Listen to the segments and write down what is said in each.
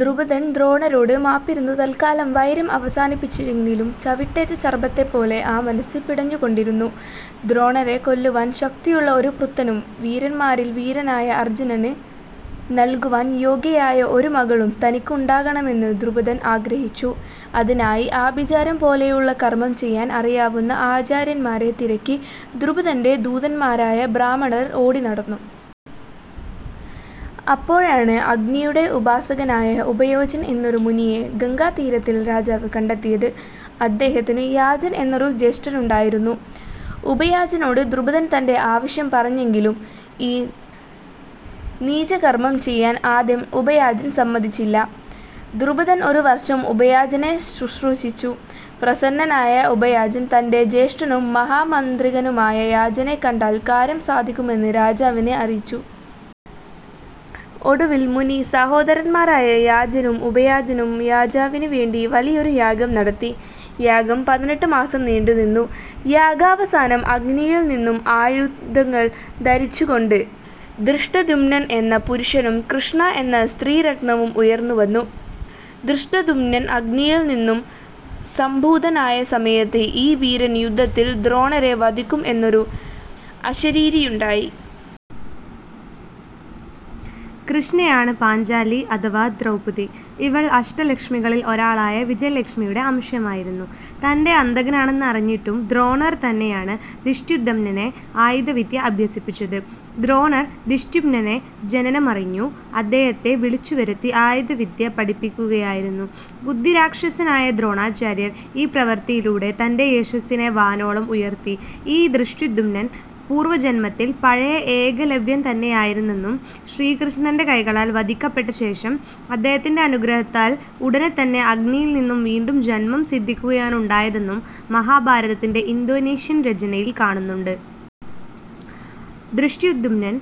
ദ്രുപദൻ ദ്രോണരോട് മാപ്പിരന്നു തൽക്കാലം വൈരം അവസാനിപ്പിച്ചെങ്കിലും ചവിട്ടേറ്റ സർപ്പത്തെപ്പോലെ ആ മനസ്സ് പിടഞ്ഞുകൊണ്ടിരുന്നു. ദ്രോണരെ കൊല്ലുവാൻ ശക്തിയുള്ള ഒരു പുത്രനും വീരന്മാരിൽ വീരനായ അർജുനന് നൽകുവാൻ യോഗ്യയായ ഒരു മകളും തനിക്കുണ്ടാകണമെന്നു ദ്രുപദൻ ആഗ്രഹിച്ചു. അതിനായി ആഭിചാരം പോലെയുള്ള കർമ്മം ചെയ്യാൻ അറിയാവുന്ന ആചാര്യന്മാരെ തിരക്കി ദ്രുപദൻ്റെ ദൂതന്മാരായ ബ്രാഹ്മണർ ഓടിനടന്നു. അപ്പോഴാണ് അഗ്നിയുടെ ഉപാസകനായ ഉപയാജൻ എന്നൊരു മുനിയെ ഗംഗാതീരത്തിൽ രാജാവ് കണ്ടെത്തിയത്. അദ്ദേഹത്തിനു യാജൻ എന്നൊരു ജ്യേഷ്ഠനുണ്ടായിരുന്നു. ഉപയാജനോട് ദ്രുപദൻ തൻ്റെ ആവശ്യം പറഞ്ഞെങ്കിലും ഈ നീചകർമ്മം ചെയ്യാൻ ആദ്യം ഉപയാജൻ സമ്മതിച്ചില്ല. ദ്രുപദൻ ഒരു വർഷം ഉപയാജനെ ശുശ്രൂഷിച്ചു. പ്രസന്നനായ ഉപയാജൻ തൻ്റെ ജ്യേഷ്ഠനും മഹാമാന്ത്രികനുമായ യാജനെ കണ്ടാൽ കാര്യം സാധിക്കുമെന്ന് രാജാവിനെ അറിയിച്ചു. ഒടുവിൽ മുനി സഹോദരന്മാരായ യാജനും ഉപയാജനും രാജാവിന് വേണ്ടി വലിയൊരു യാഗം നടത്തി. യാഗം പതിനെട്ട് മാസം നീണ്ടുനിന്നു. യാഗാവസാനം അഗ്നിയിൽ നിന്നും ആയുധങ്ങൾ ധരിച്ചുകൊണ്ട് ധൃഷ്ടദ്യുമ്നൻ എന്ന പുരുഷനും കൃഷ്ണ എന്ന സ്ത്രീരത്നവും ഉയർന്നുവന്നു. ധൃഷ്ടദ്യുമ്നൻ അഗ്നിയിൽ നിന്നും സംഭൂതനായ സമയത്ത് ഈ വീരൻ യുദ്ധത്തിൽ ദ്രോണരെ വധിക്കും എന്നൊരു അശരീരിയുണ്ടായി. കൃഷ്ണയാണ് പാഞ്ചാലി അഥവാ ദ്രൗപദി. ഇവൾ അഷ്ടലക്ഷ്മികളിൽ ഒരാളായ വിജയലക്ഷ്മിയുടെ അംശമായിരുന്നു. തൻ്റെ അന്തകനാണെന്നറിഞ്ഞിട്ടും ദ്രോണർ തന്നെയാണ് ധൃഷ്ടദ്യുമ്നനെ ആയുധവിദ്യ അഭ്യസിപ്പിച്ചത്. ദ്രോണർ ധൃഷ്ടദ്യുമ്നൻ്റെ ജനനമറിഞ്ഞു അദ്ദേഹത്തെ വിളിച്ചുവരുത്തി ആയുധവിദ്യ പഠിപ്പിക്കുകയായിരുന്നു. ബുദ്ധിരാക്ഷസനായ ദ്രോണാചാര്യർ ഈ പ്രവൃത്തിയിലൂടെ തൻ്റെ യശസ്സിനെ വാനോളം ഉയർത്തി. ഈ ധൃഷ്ടദ്യുമ്നൻ പൂർവജന്മത്തിൽ പഴയ ഏകലവ്യൻ തന്നെയായിരുന്നെന്നും ശ്രീകൃഷ്ണൻ്റെ കൈകളാൽ വധിക്കപ്പെട്ട ശേഷം അദ്ദേഹത്തിൻ്റെ അനുഗ്രഹത്താൽ ഉടനെ തന്നെ അഗ്നിയിൽ നിന്നും വീണ്ടും ജന്മം സിദ്ധിക്കുകയാണുണ്ടായതെന്നും മഹാഭാരതത്തിൻ്റെ ഇന്തോനേഷ്യൻ രചനയിൽ കാണുന്നുണ്ട്. ധൃഷ്ടദ്യുമ്നൻ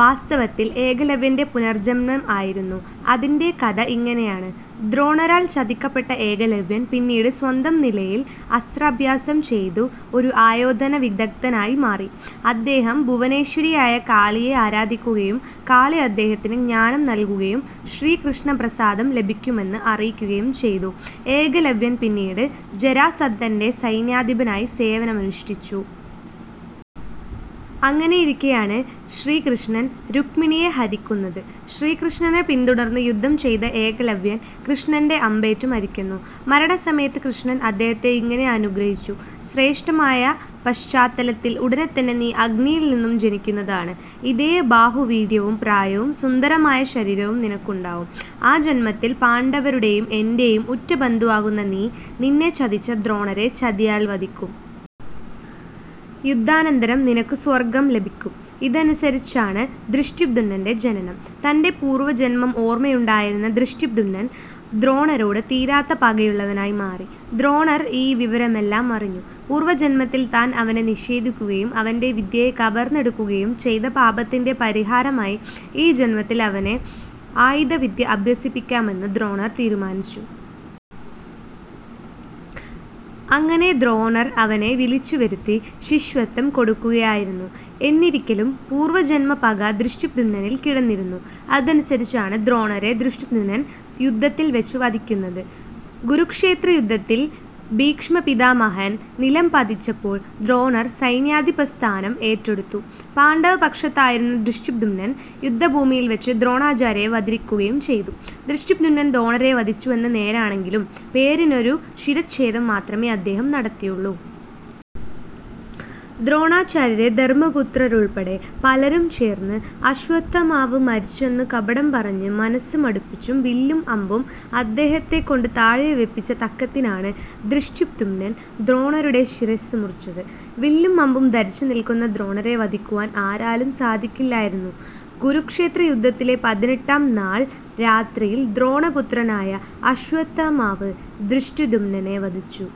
വാസ്തവത്തിൽ ഏകലവ്യൻ്റെ പുനർജന്മം ആയിരുന്നു. അതിൻ്റെ കഥ ഇങ്ങനെയാണ്. ദ്രോണരാൽ ചതിക്കപ്പെട്ട ഏകലവ്യൻ പിന്നീട് സ്വന്തം നിലയിൽ അസ്ത്രാഭ്യാസം ചെയ്തു ഒരു ആയോധന വിദഗ്ദ്ധനായി മാറി. അദ്ദേഹം ഭുവനേശ്വരിയായ കാളിയെ ആരാധിക്കുകയും കാളി അദ്ദേഹത്തിന് ജ്ഞാനം നൽകുകയും ശ്രീകൃഷ്ണപ്രസാദം ലഭിക്കുമെന്ന് അറിയിക്കുകയും ചെയ്തു. ഏകലവ്യൻ പിന്നീട് ജരാസന്ധൻ്റെ സൈന്യാധിപനായി സേവനമനുഷ്ഠിച്ചു. അങ്ങനെയിരിക്കെയാണ് ശ്രീകൃഷ്ണൻ രുക്മിണിയെ ഹരിക്കുന്നത്. ശ്രീകൃഷ്ണനെ പിന്തുടർന്നു യുദ്ധം ചെയ്ത ഏകലവ്യൻ കൃഷ്ണൻ്റെ അമ്പേറ്റു മരിക്കുന്നു. മരണസമയത്ത് കൃഷ്ണൻ അദ്ദേഹത്തെ ഇങ്ങനെ അനുഗ്രഹിച്ചു. ശ്രേഷ്ഠമായ പാഞ്ചാലത്തിൽ ഉടനെത്തന്നെ നീ അഗ്നിയിൽ നിന്നും ജനിക്കുന്നതാണ്. ഇതേ ബാഹുവീര്യവും പ്രായവും സുന്ദരമായ ശരീരവും നിനക്കുണ്ടാകും. ആ ജന്മത്തിൽ പാണ്ഡവരുടെയും എൻ്റെയും ഉറ്റ ബന്ധുവാകുന്ന നീ നിന്നെ ചതിച്ച ദ്രോണരെ ചതിയാൽ വധിക്കും. യുദ്ധാനന്തരം നിനക്കു സ്വർഗ്ഗവും ലഭിക്കും. ഇതനുസരിച്ചാണ് ധൃഷ്ടദ്യുമ്നൻ്റെ ജനനം. തൻ്റെ പൂർവജന്മം ഓർമ്മയുണ്ടായിരുന്ന ധൃഷ്ടദ്യുമ്നൻ ദ്രോണരോട് തീരാത്ത പകയുള്ളവനായി മാറി. ദ്രോണർ ഈ വിവരമെല്ലാം അറിഞ്ഞു. പൂർവജന്മത്തിൽ താൻ അവനെ നിഷേധിക്കുകയും അവൻ്റെ വിദ്യയെ കവർന്നെടുക്കുകയും ചെയ്ത പാപത്തിൻ്റെ പരിഹാരമായി ഈ ജന്മത്തിൽ അവനെ ആയുധവിദ്യ അഭ്യസിപ്പിക്കുമെന്നു ദ്രോണർ തീരുമാനിച്ചു. അങ്ങനെ ദ്രോണർ അവനെ വിളിച്ചുവരുത്തി ശിഷ്യത്വം കൊടുക്കുകയായിരുന്നു. എന്നിരിക്കിലും പൂർവജന്മ പക ധൃഷ്ടദ്യുമ്നനിൽ കിടന്നിരുന്നു. അതനുസരിച്ചാണ് ദ്രോണരെ ധൃഷ്ടദ്യുമ്നൻ യുദ്ധത്തിൽ വച്ച് വധിക്കുന്നത്. കുരുക്ഷേത്രയുദ്ധത്തിൽ ഭീഷ്മപിതാമഹൻ നിലംപതിച്ചപ്പോൾ ദ്രോണർ സൈന്യാധിപസ്ഥാനം ഏറ്റെടുത്തു. പാണ്ഡവപക്ഷത്തായിരുന്ന ധൃഷ്ടദ്യുമ്നൻ യുദ്ധഭൂമിയിൽവച്ച് ദ്രോണാചാര്യരെ വധിക്കുകയും ചെയ്തു. ധൃഷ്ടദ്യുമ്നൻ ദ്രോണരെ വധിച്ചുവെന്നത് നേരാണെങ്കിലും പേരിനൊരു ശിരച്ഛേദം മാത്രമേ അദ്ദേഹം നടത്തിയുള്ളൂ. ദ്രോണാചാര്യരെ ധർമ്മപുത്രരുൾപ്പെടെ പലരും ചേർന്ന് അശ്വത്ഥാമാവ് മരിച്ചെന്നു കപടം പറഞ്ഞു മനസ്സ് മടുപ്പിച്ചു വില്ലും അമ്പും അദ്ദേഹത്തെക്കൊണ്ട് താഴെ വയ്പിച്ച തക്കത്തിനാണ് ധൃഷ്ടദ്യുമ്നൻ ദ്രോണരുടെ ശിരസ്സ് മുറിച്ചത്. വില്ലും അമ്പും ധരിച്ചു നിൽക്കെ ദ്രോണരെ വധിക്കുവാൻ ആരാലും സാധിക്കുകയില്ലായിരുന്നു. കുരുക്ഷേത്രയുദ്ധത്തിലെ പതിനെട്ടാം നാൾ രാത്രിയിൽ ദ്രോണപുത്രനായ അശ്വത്ഥാമാവ് ധൃഷ്ടദ്യുമ്നനെ വധിച്ചു.